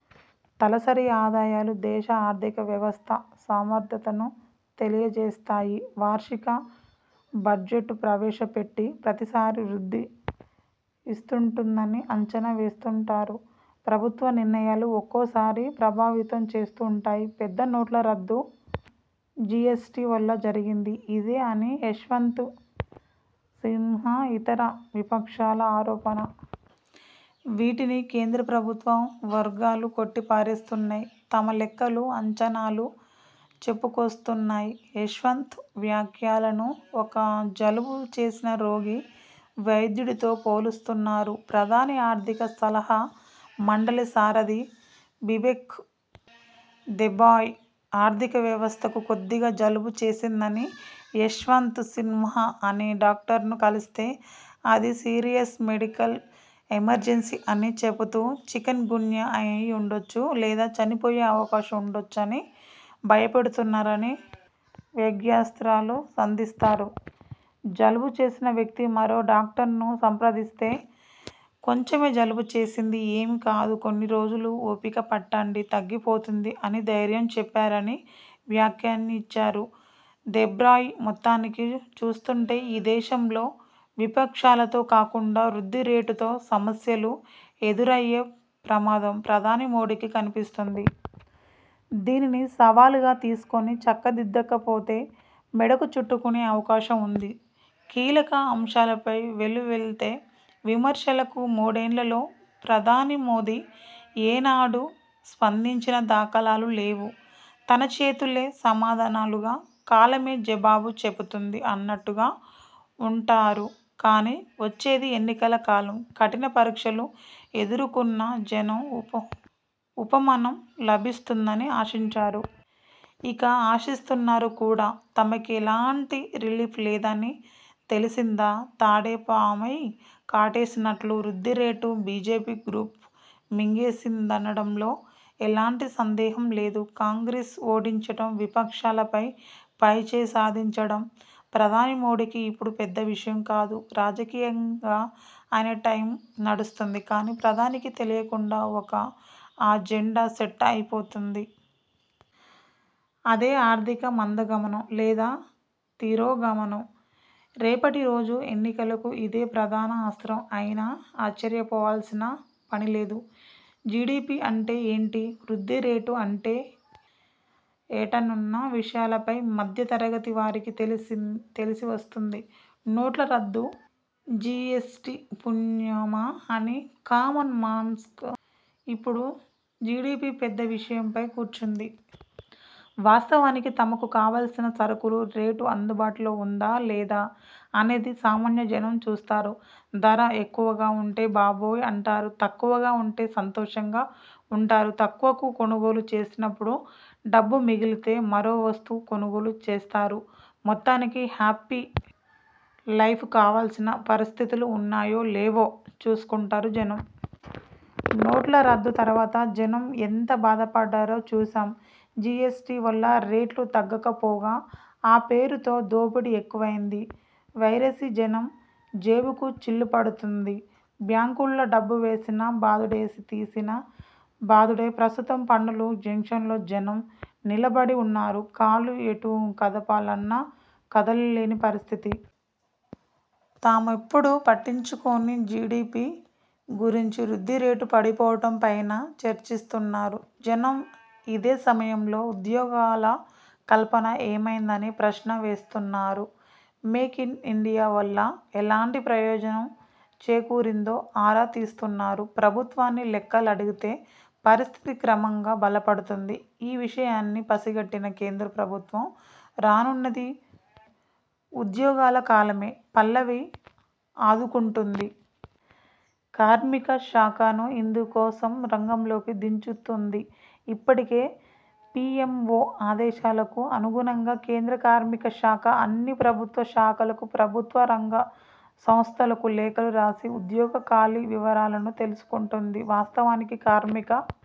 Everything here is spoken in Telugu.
తలసరి ఆదాయాలు దేశ ఆర్థిక వ్యవస్థ సమర్థతను తెలియజేస్తాయి. వార్షిక బడ్జెట్ ప్రవేశ పెట్టే ప్రతీసారి వృద్ధి ఇంతుంటుందని అంచనా వేస్తుంటారు. ప్రభుత్వ నిర్ణయాలు ఒక్కోసారి ప్రభావితం చేస్తూ ఉంటాయి. పెద్ద నోట్ల రద్దు, జీఎస్టీవల్ల జరిగింది ఇదే అని యశ్వంత్ సిన్హా, ఇతర విపక్షాల ఆరోపణ. వీటిని కేంద్ర ప్రభుత్వ వర్గాలు కొట్టిపారేస్తున్నాయి. తమ లెక్కలు, అంచనాలు చెప్పుకొస్తున్నాయి. యశ్వంత్ వ్యాఖ్యలను ఒక జలుబు చేసిన రోగి, వైద్యుడితో పోలుస్తున్నారు ప్రధాని ఆర్థిక సలహా మండలి సారథి బిబేక్ దేబ్రాయ్. ఆర్థిక వ్యవస్థకు కొద్దిగా జలుబు చేసిందని యశ్వంత్ సిన్హా అనే డాక్టర్ను కలిస్తే అది సీరియస్ మెడికల్ ఎమర్జెన్సీ అని చెబుతూ, చికెన్ గున్యా అయి ఉండొచ్చు లేదా చనిపోయే అవకాశం ఉండవచ్చని భయపెడుతున్నారని వ్యంగ్యాస్త్రాలు సంధించారు. జలుబు చేసిన వ్యక్తి మరో డాక్టర్ను సంప్రదిస్తే కొంచమే జలుబు చేసింది ఏమీ కాదు కొన్ని రోజులు ఓపిక పట్టండి, తగ్గిపోతుంది అని ధైర్యం చెప్పారని వ్యాఖ్యానించారు దేబ్రాయ్. మొత్తానికి చూస్తుంటే ఈ దేశంలో విపక్షాలతో కాకుండా వృద్ధి రేటుతో సమస్యలు ఎదురయ్యే ప్రమాదం ప్రధాని మోదీకి కనిపిస్తోంది. దీనిని సవాల్గా తీసుకుని చక్కదిద్దకపోతే మెడకు చుట్టుకునే అవకాశం ఉంది. కీలక అంశాలపై వెల్లువెత్తే విమర్శలకు మూడేళ్లలో ప్రధాని మోదీ ఏనాడు స్పందించిన దాఖలాలు లేవు. తన చేతలే సమాధానాలుగా కాలమే జవాబు చెబుతుంది అన్నట్లుగా ఉంటారు. కానీ వచ్చేది ఎన్నికల కాలం. కఠిన పరీక్షలు ఎదుర్కున్న జనం ఉపసమనం లభిస్తుందని ఆశించారు. ఇంకా ఆశిస్తున్నారు కూడా. తమకెలాంటి రిలీఫ్ లేదని తేలిందా తాడే పామై కాటేసినట్లు వృద్ధిరేటు బీజేపీ గ్రాఫ్ను మింగేసిందనడంలో ఎలాంటి సందేహం లేదు. కాంగ్రెస్ను ఓడించడం విపక్షాలపై పైచేయి సాధించడం ప్రధాని మోదీకి ఇప్పుడు పెద్ద విషయం కాదు. రాజకీయంగా ఆయన టైం నడుస్తోంది. కానీ ప్రధానికి తెలియకుండానే ఒక అజెండా సెట్ అయిపోతోంది. అదే ఆర్థిక మందగమనం లేదా తిరోగమనం. రేపటి రోజు ఎన్నిలకు ఇదే ప్రధాన అస్త్రం అయినా ఆశ్చర్యపోవాల్సిన పనిలేదు. జీడీపీ అంటే ఏంటి? వృద్ధి రేటు అంటే ఏంటన్న విషయాలపై మధ్య తరగతి వారికీ తెలిసి వస్తోంది. నోట్లరద్దు, జీఎస్టీ పుణ్యామా అని కామన్ మాన్కు ఇప్పుడు జీడీపీ పెద్ద విషయమై కూర్చుంది. వాస్తవానికి తమకు కావాల్సిన సరుకు రేటు అందుబాటులో ఉందా లేదా అనేది సామాన్య జనం చూస్తారు. ధర ఎక్కువగా ఉంటే బాబోయ్ అంటారు. తక్కువగా ఉంటే సంతోషంగా ఉంటారు. తక్కువకు కొనుగోలు చేసినప్పుడు డబ్బు మిగిలితే మరో వస్తువు కొనుగోలు చేస్తారు. మొత్తానికి హ్యాపీ లైఫ్కు కావాల్సిన పరిస్థితులు ఉన్నాయో లేవో చూసుకుంటారు జనం. నోట్ల రద్దు తరువాత జనం ఎంత బాధపడ్డారో చూశాం. జీఎస్టీ వల్ల రేట్లు తగ్గకపోగా ఆ పేరుతో దోపిడీ ఎక్కువైంది. వెరసి జనం జేబుకు చిల్లుపడుతోంది. బ్యాంకులో డబ్బు వేసినా బాదుడేతీసినా బాదుడే. ప్రస్తుతం పన్నుల జంక్షన్లో జనం నిలబడి ఉన్నారు. కాలు ఎటు కదుపుదామన్నా కదలలేని పరిస్థితి. తామెప్పుడూ పట్టించుకోని జీడీపీ గురించి వృద్ధి రేటు పడిపోవడం పైనా చర్చిస్తున్నారు జనం. ఇదే సమయంలో ఉద్యోగాల కల్పన ఏమైందనే ప్రశ్న వేస్తున్నారు. మేక్ ఇన్ ఇండియా వల్ల ఎలాంటి ప్రయోజనం చేకూరిందో ఆరా తీస్తున్నారు. ప్రభుత్వాన్ని లెక్కలు అడిగే పరిస్థితి క్రమంగా బలపడుతోంది. ఈ విషయాన్ని పసిగట్టిన కేంద్ర ప్రభుత్వం రానున్నది ఉద్యోగాల కాలమనే పల్లవి అందుకుంటోంది. కార్మికశాఖను ఇందుకోసం రంగంలోకి దించుతోంది. ఇప్పటికే పీఎంవో ఆదేశాలకు అనుగుణంగా కేంద్ర కార్మికశాఖ అన్ని ప్రభుత్వ శాఖలకు ప్రభుత్వ రంగం సంస్థలకు లేఖలు రాసి ఉద్యోగ ఖాళీ వివరాలను తెలుసుకుంటోంది. వాస్తవానికి కార్మిక